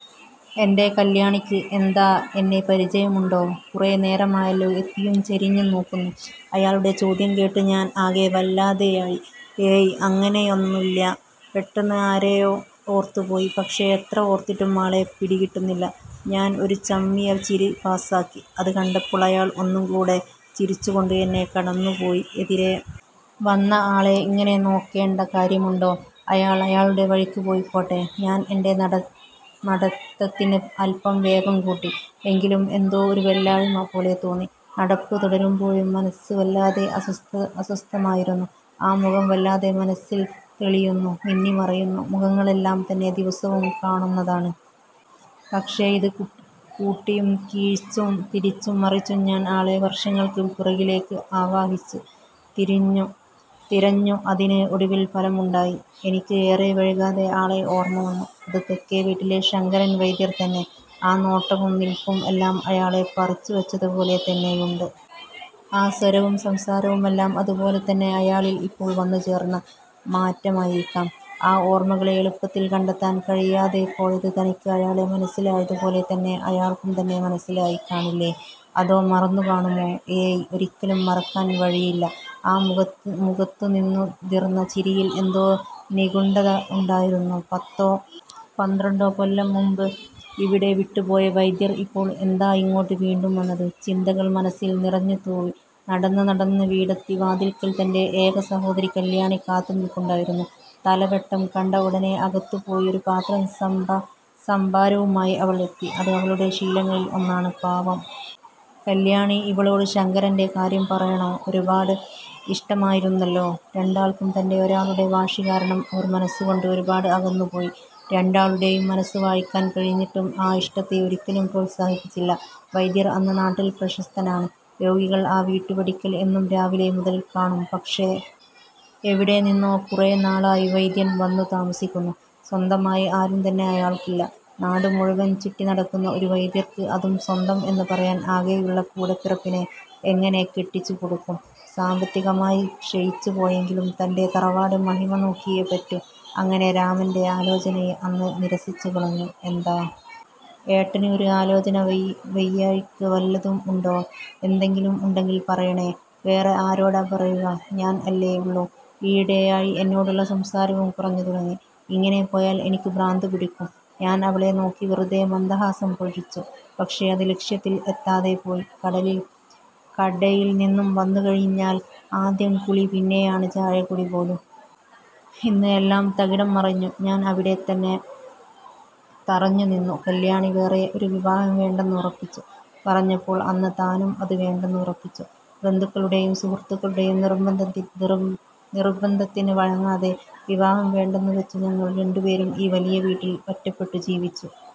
എൻ്റെ കല്യാണിക്ക് എന്താ, എന്നെ പരിചയം ഉണ്ടോ. കുറെ നേരമായല്ലോ എത്തിയും ചരിഞ്ഞും നോക്കുന്നു. അയാളുടെ ചോദ്യം കേട്ട് ഞാൻ ആകെ വല്ലാതെയായി. ഏയ്, അങ്ങനെയൊന്നൂല്ല്യ. പെട്ടെന്ന് ആരെയോ ഓർത്ത് പോയി. പക്ഷേ എത്ര ഓർത്തിട്ടും ആളെ പിടികിട്ടുന്നില്ല. ഞാൻ ഒരു ചമ്മിയ ചിരി പാസ്സാക്കി. അത് കണ്ടപ്പോൾ അയാൾ ഒന്നു കൂടെ ചിരിച്ചുകൊണ്ട് എന്നെ കടന്നുപോയി. എതിരെ വന്ന ആളെ ഇങ്ങനെ നോക്കേണ്ട കാര്യമുണ്ടോ. അയാൾ അയാളുടെ വഴിക്ക് പൊയ്ക്കോട്ടെ. ഞാൻ എൻ്റെ നട നടത്തത്തിന് അല്പം വേഗം കൂട്ടി. എങ്കിലും എന്തോ ഒരു വല്ലായ്മ പോലെ തോന്നി. നടപ്പ് തുടരുമ്പോഴും മനസ്സ് വല്ലാതെ അസ്വസ്ഥത അസ്വസ്ഥമായിരുന്നു.ആ മുഖം വല്ലാതെ മനസ്സിൽ തെളിയുന്നു. മിന്നിമറയുന്ന മുഖങ്ങൾ എല്ലാം തന്നെ ദിവസവും കാണുന്നതാണ്. പക്ഷേ ഇത് കൂട്ടിയും കിഴിച്ചും തിരിച്ചും മറിച്ചും ഞാൻ ആളെ വർഷങ്ങൾക്ക് പുറകിലേക്ക് ആവാഹിച്ച് തിരിഞ്ഞുതിരഞ്ഞു അതിന് ഒടുവിൽ ഫലം ഉണ്ടായി. എനിക്ക് ഏറെ വൈകാതെ ആളെ ഓർമ വന്നു.അത് തെക്കേ വീട്ടിലെ ശങ്കരൻ വൈദ്യർ തന്നെ. ആ നോട്ടവും നിൽപ്പും എല്ലാം അയാളെ പറിച്ചുവച്ചതുപോലെ തന്നെയുണ്ട്. ആ സ്വരവും സംസാരവും എല്ലാം അതുപോലെ തന്നെ. അയാളിൽ ഇപ്പോൾ വന്നുചേർന്ന മാറ്റമായിരിക്കാം ആ ഓർമകളെ എളുപ്പത്തിൽ കണ്ടെത്താൻ കഴിയാതെ പോയത്. തനിക്ക് അയാളെ മനസ്സിലായതുപോലെ തന്നെ അയാൾക്കും തന്നെ മനസ്സിലായി കാണില്ലേ. അതോ മറന്നുകാണുമോ. ഏയ്, ഒരിക്കലും മറക്കാൻ വഴിയില്ല. ആ മുഖ മുഖത്തുനിന്നുതിർന്ന ചിരിയിൽ എന്തോ നിഗൂഢത ഉണ്ടായിരുന്നു. പത്തോ പന്ത്രണ്ടോ കൊല്ലം മുൻപ് ഇവിടം വിട്ടുപോയ വൈദ്യർ ഇപ്പോൾ എന്താ ഇങ്ങോട്ട് വീണ്ടും വന്നത്. ചിന്തകൾ മനസ്സിൽ നിറഞ്ഞുതൂവി. നടന്ന് നടന്ന് വീടെത്തി. വാതിൽക്കൽ തൻ്റെ ഏക സഹോദരി കല്യാണി കാത്തുനിൽപ്പുണ്ടായിരുന്നു. തലവെട്ടം കണ്ട ഉടനെ അകത്തുപോയി ഒരു പാത്രം സംഭ സംഭാരവുമായി അവൾ എത്തി. അത് അവളുടെ ശീലങ്ങളിൽ ഒന്നാണ്. പാവം കല്യാണി. ഇവളോട് ശങ്കരൻ്റെ കാര്യം പറയണോ. ഒരുപാട് ഇഷ്ടമായിരുന്നല്ലോ രണ്ടാൾക്കും. തൻ്റെ ഒരാളുടെ വാശികാരണം അവർ മനസ്സുകൊണ്ട് ഒരുപാട് അകന്നുപോയി. രണ്ടാളുടെയും മനസ്സ് വായിക്കാൻ കഴിഞ്ഞിട്ടും ആ ഇഷ്ടത്തെ ഒരിക്കലും പ്രോത്സാഹിപ്പിച്ചില്ല. വൈദ്യർ അന്ന് നാട്ടിൽ പ്രശസ്തനാണ്. രോഗികൾ ആ വീട്ടുപടിക്കൽ എന്നും രാവിലെ മുതൽ കാണും.പക്ഷേ, എവിടെ നിന്നോ കുറെ നാളായി വൈദ്യൻ വന്നു താമസിക്കുന്നു. സ്വന്തമായി ആരും തന്നെ അയാൾക്കില്ല. നാടുമുഴുവൻ ചുറ്റിനടക്കുന്ന ഒരു വൈദ്യർക്ക് അതും സ്വന്തം എന്ന് പറയാൻ ആകെയുള്ള കൂടപ്പിറപ്പിനെ എങ്ങനെ കെട്ടിച്ചുകൊടുക്കും. സാമ്പത്തികമായി ക്ഷയിച്ചുപോയെങ്കിലും തൻ്റെ തറവാട് മഹിമ നോക്കിയേ പറ്റൂ. അങ്ങനെ രാമൻ്റെ ആലോചനയെ അന്ന് നിരസിച്ചുകളഞ്ഞു. എന്താ ഏട്ടന് ഒരു ആലോചന. വയ് വയ്യായ്ക വല്ലതും ഉണ്ടോ. എന്തെങ്കിലും ഉണ്ടെങ്കിൽ പറയണേ. വേറെ ആരോടാ പറയുക. ഞാൻ അല്ലേ ഉള്ളൂ. ഈയിടെയായി എന്നോടുള്ള സംസാരവും കുറഞ്ഞുതുടങ്ങി. ഇങ്ങനെ പോയാൽ എനിക്ക് ഭ്രാന്തുപിടിക്കും. ഞാൻ അവളെ നോക്കി വെറുതെ മന്ദഹാസം പൊഴിച്ചു. പക്ഷേ അത് ലക്ഷ്യത്തിൽ എത്താതെപോയി. കടലിൽ കടയിൽനിന്നും വന്നുകഴിഞ്ഞാൽ ആദ്യം കുളി, പിന്നെയാണ് ചായകുടി പോലും. ഇന്ന് എല്ലാം തകിടംമറിഞ്ഞു. ഞാൻ അവിടെത്തന്നെ തറഞ്ഞുനിന്നു. കല്യാണി വേറെ ഒരു വിവാഹം വേണ്ടെന്ന് ഉറപ്പിച്ചു പറഞ്ഞപ്പോൾ അന്ന് താനും അത് വേണ്ടെന്ന് ഉറപ്പിച്ചു. ബന്ധുക്കളുടെയും സുഹൃത്തുക്കളുടെയും നിർബന്ധത്തി നിർ നിർബന്ധത്തിന് വഴങ്ങാതെ വിവാഹം വേണ്ടെന്നുവച്ച് ഞങ്ങൾ രണ്ടുപേരും ഈ വലിയ വീട്ടിൽ ഒറ്റപ്പെട്ടു ജീവിച്ചു.